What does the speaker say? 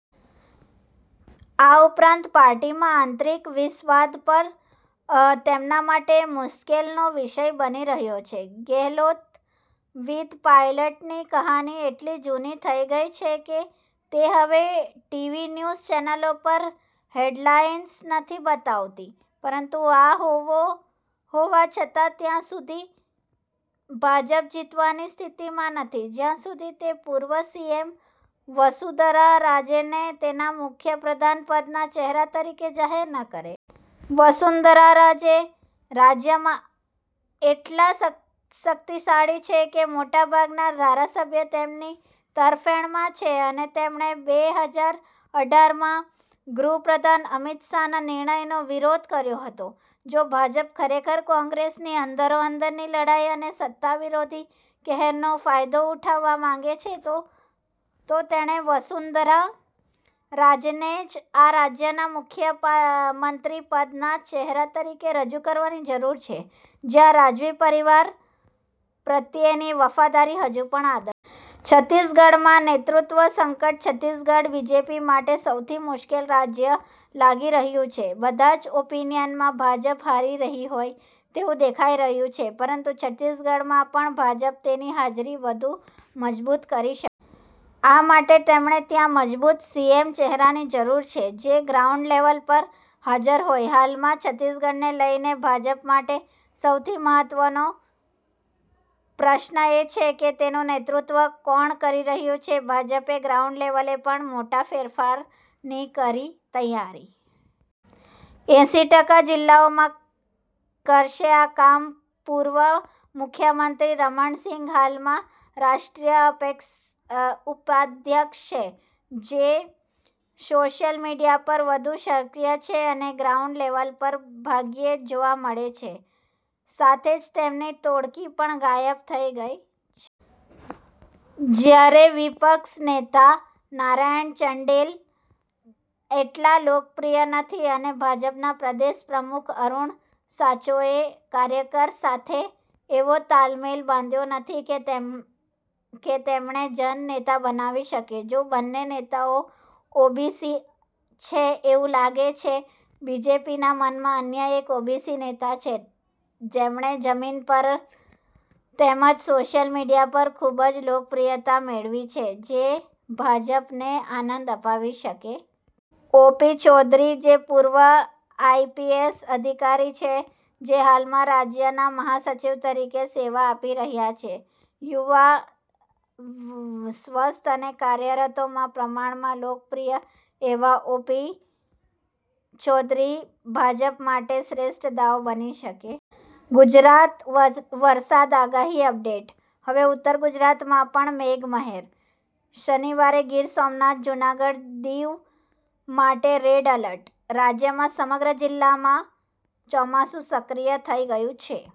આ ઉપરાંત પાર્ટીમાં આંતરિક વિખવાદ પણ તેમના માટે મુશ્કેલીનો વિષય બની રહ્યો છે. ગેહલોત વિ પાયલટની કહાની એટલી જૂની થઈ ગઈ છે કે તે હવે ટીવી ન્યૂઝ ચેનલો પર હેડલાઈન્સ નથી બનાવતી. પરંતુ આ હોવા છતાં, ત્યાં સુધી ભાજપ જીતવાની સ્થિતિમાં નથી, જ્યાં સુધી તે પૂર્વ સીએમ વસુંધરા રાજેને તેના મુખ્ય પ્રધાનપદના ચહેરા તરીકે જાહેર ન કરે. વસુંધરા રાજે રાજ્યમાં એટલા શક્તિશાળી છે કે, મોટાભાગના ધારાસભ્યો તેમની તરફેણમાં છે અને તેમણે બેહજાર અઢારમાં ગૃહ પ્રધાન અમિત શાહના નિર્ણયનો વિરોધ પણ કર્યો હતો. જો ભાજપ ખરેખર કોંગ્રેસની અંદરોઅંદરની લડાઈ અને સત્તા વિરોધી લહેરનો ફાયદો ઉઠાવવા માંગે છે, તો તેણે વસુંધરા રાજેને જ રાજ્યના મુખ્યમંત્રીપદના ચહેરા તરીકે રજૂ કરવાની જરૂર છે, જ્યાં રાજવી પરિવાર પ્રત્યેની વફાદારી હજુ પણ આદર્શ છે. છત્તીસગઢમાં નેતૃત્વ સંકટ, છત્તીસગઢ બીજેપી માટે સૌથી મુશ્કેલ રાજ્ય લાગી રહ્યું છે. બધા જ ઓપિનિયનમાં ભાજપ હારી રહી હોય તેવું દેખાઈ રહ્યું છે પરંતુ, છત્તીસગઢમાં પણ ભાજપ તેની હાજરી વધુ મજબૂત કરી શકે છે. આ માટે તેમણે ત્યાં મજબૂત સીએમ ચહેરાની જરૂર છે, જે ગ્રાઉન્ડ લેવલ પર હાજર હોય. હાલમાં, છત્તીસગઢને લઈને ભાજપ માટે સૌથી મહત્વનો પ્રશ્ન એ છે કે, તેનું નેતૃત્વ કોણ કરી રહ્યું છે? ભાજપે ગ્રાઉન્ડ લેવલે પણ મોટા ફેરફારોની કરી તૈયારી! એંસી ટકા જિલ્લાઓમાં કરશે આ કામ પૂર્વ મુખ્યમંત્રી રમણ સિંહ હાલમાં રાષ્ટ્રીય ઉપાધ્યક્ષ છે, જે સોશિયલ મીડિયા પર વધુ સક્રિય છે અને ગ્રાઉન્ડ લેવલ પર ભાગ્યે જ જોવા મળે છે. સાથે જ તેમની ટોળકી પણ ગાયબ થઈ ગઈ છે. જ્યારે વિપક્ષના નેતા નારાયણ ચંદેલ એટલા લોકપ્રિય નથી અને ભાજપના પ્રદેશ પ્રમુખ અરુણ સાઓએ કાર્યકરો સાથે એવો તાલમેલ બાંધ્યો નથી કે, જે તેમને જન નેતા બનાવી શકે. જોકે બંને નેતાઓ ઓબીસી છે. એવું લાગે છે કે, બીજેપીના મનમાં અન્ય એક ઓબીસી નેતા છે, જેમણે જમીન પર તેમજ સોશિયલ મીડિયા પર ખૂબ જ લોકપ્રિયતા મેળવી છે, જે ભાજપને આનંદ અપાવી શકે છે. ઓપી ચૌધરી જે પૂર્વ આઈપીએસ અધિકારી છે, જે હાલમાં રાજ્યના મહાસચિવ તરીકે સેવા આપી રહ્યા છે. યુવા, સ્વચ્છ અને કાર્યકરોમાં પ્રમાણમાં લોકપ્રિય એવા ઓ. પી. ચૌધરી ભાજપ માટે શ્રેષ્ઠ દાવ બની શકે છે. ગુજરાત વરસાદ આગાહી અપડેટ: હવે ઉત્તર ગુજરાતમાં પણ મેઘમહેર! શનિવારે ગીર સોમનાથ, જૂનાગઢ, દીવ માટે રેડ એલર્ટ. રાજ્યમાં સમગ્ર જિલ્લામાં ચોમાસુ સક્રિય થઈ ગયું છે.